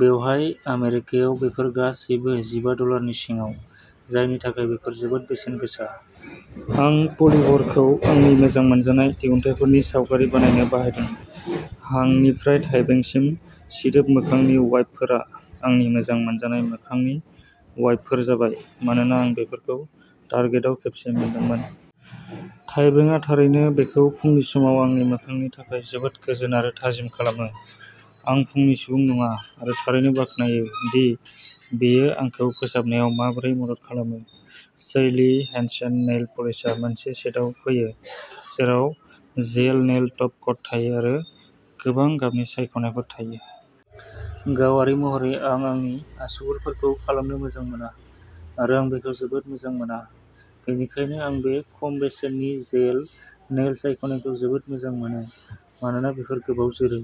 बेवहाय आमेरिकायाव बेफोर गासैबो जिबा डलारनि सिङाव, जायनि थाखाय बेफोर जोबोद बेसेनगोसा। आं पलिभ'रखौ आंनि मोजां मोनजानाय दिहुनथायफोरनि सावगारि बानायनो बाहायदों! हांनिफ्राय थाइबेंसिम सिदोब मोखांनि वाइपफोरा आंनि मोजां मोनजानाय मोखांनि वाइपफोर जाबाय, मानोना आं बेफोरखौ टार्गेताव खेबसे मोनदोंमोन। थाइबेंआ थारैनो बेखौ फुंनि समाव आंनि मोखांनि थाखाय जोबोद गोजोन आरो थाजिम खालामो। आं फुंनि सुबुं नङा आरो थारैनो बाख्नायो दि बेयो आंखौ फोसाबनायाव माबोरै मदद खालामो। सैलि हेन्सेन नेइल पलिशआ मोनसे सेटआव फैयो, जेराव जेल नेइल टप कट थायो आरो गोबां गाबनि सायख'नायफोर थायो। गावारि महरै आं आंनि आसुगुरफोरखौ खालामनो मोजां मोना आरो आं बेखौ जोबोद मोजां मोना, बेनिखायनो आं बे खम बेसेननि जेल नेइल सायख'नायखौ जोबोद मोजां मोनो, मानोना बेफोर गोबाव जोरो।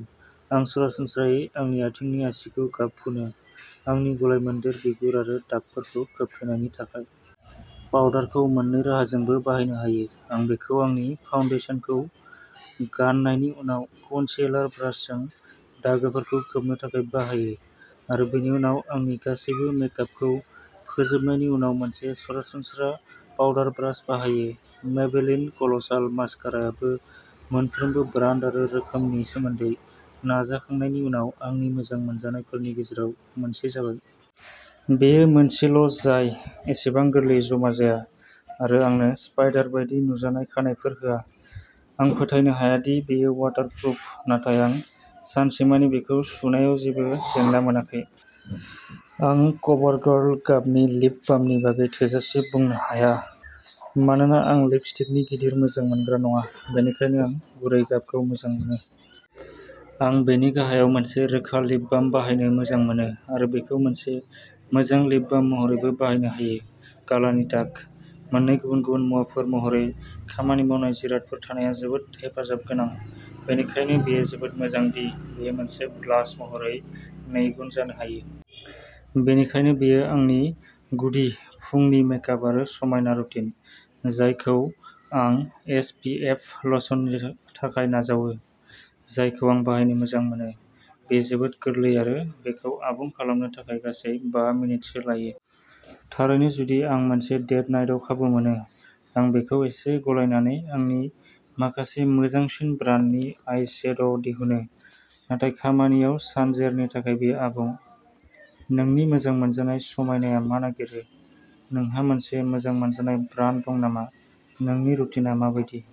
आं सरासनस्रायै आंनि आथिंनि आसिखौ गाब फुनो आंनि गलायमोन्देर बिगुर आरो दागफोरखौ खोबथेनायनि थाखाय। पाउडारखौ मोननै राहाजोंबो बाहायनो हायो। आं बेखौ आंनि फाउन्डेसनखौ गाननायनि उनाव कन्सिएलार ब्रासजों दागोफोरखौ खोबनो थाखाय बाहायो आरो बेनि उनाव आंनि गासैबो मेकआपखौ फोजोबनायनि उनाव मोनसे सरासनस्रा पाउडार ब्रास बाहायो। मेबेलिन कल'साल मास्काराआबो मोनफ्रोमबो ब्रान्ड आरो रोखोमनि सोमोन्दै नाजाखांनायनि उनाव आंनि मोजां मोनजानायफोरनि गेजेराव मोनसे जाबाय। बेयो मोनसेल'जाय एसेबां गोरलैयै जमा जाया आरो आंनो स्पाइडर बायदि नुजानाय खानाइफोर होआ। आं फोथायनो हाया दि बेयो वाटार प्रुफ नाथाय आं सानसेमानि बेखौ सुनायाव जेबो जेंना मोनाखै। आं कभारगार्ल गाबनि लिप बामनि बागै थोजासे बुंनो हाया मानोना आं लिपस्टिकनि गिदिर मोजां मोनग्रा नङा, बेनिखायनो आं गुरै गाबखौ मोजां मोनो। आं बेनि गाहायाव मोनसे रोखा लिप बाम बाहायनो मोजां मोनो आरो बेखौ मोनसे मोजां लिप बाम महरैबो बाहायनो हायो। गालानि दाग। मोननै गुबुन-गुबुन मुवाफोर महरै खामानि मावनाय जिरादफोर थानाया जोबोद हेफाजाब गोनां, बेनिखायनो बेयो जोबोद मोजां दि बेयो मोनसे ब्लास महरै नैगुन जानो हायो। बेनिखायनो बेयो आंनि गुदि फुंनि मेकआप आरो समायना रुटिन, जायखौ आं एस. पि. एफ. लशननि थाखाय नाजावो, जायखौ आं बाहायनो मोजां मोनो। बेयो जोबोद गोरलै आरो बेखौ आबुं खालामनो थाखाय गासै बा मिनिटसो लायो। थारैनो जुदि आं मोनसे डेट नाइटआव खाबु मोनो, आं बेखौ एसे गलायनानै आंनि माखासे मोजांसिन ब्रान्डनि आइ शेड' दिहुनो, नाथाय खामानियाव सानजेरनि थाखाय बेयो आबुं। नोंनि मोजां मोनजानाय समायनाया मा नागिरो? नोंहा मोनसे मोजां मोनजानाय ब्रान्ड दं नामा? नोंनि रुटिनआ मा बायदि?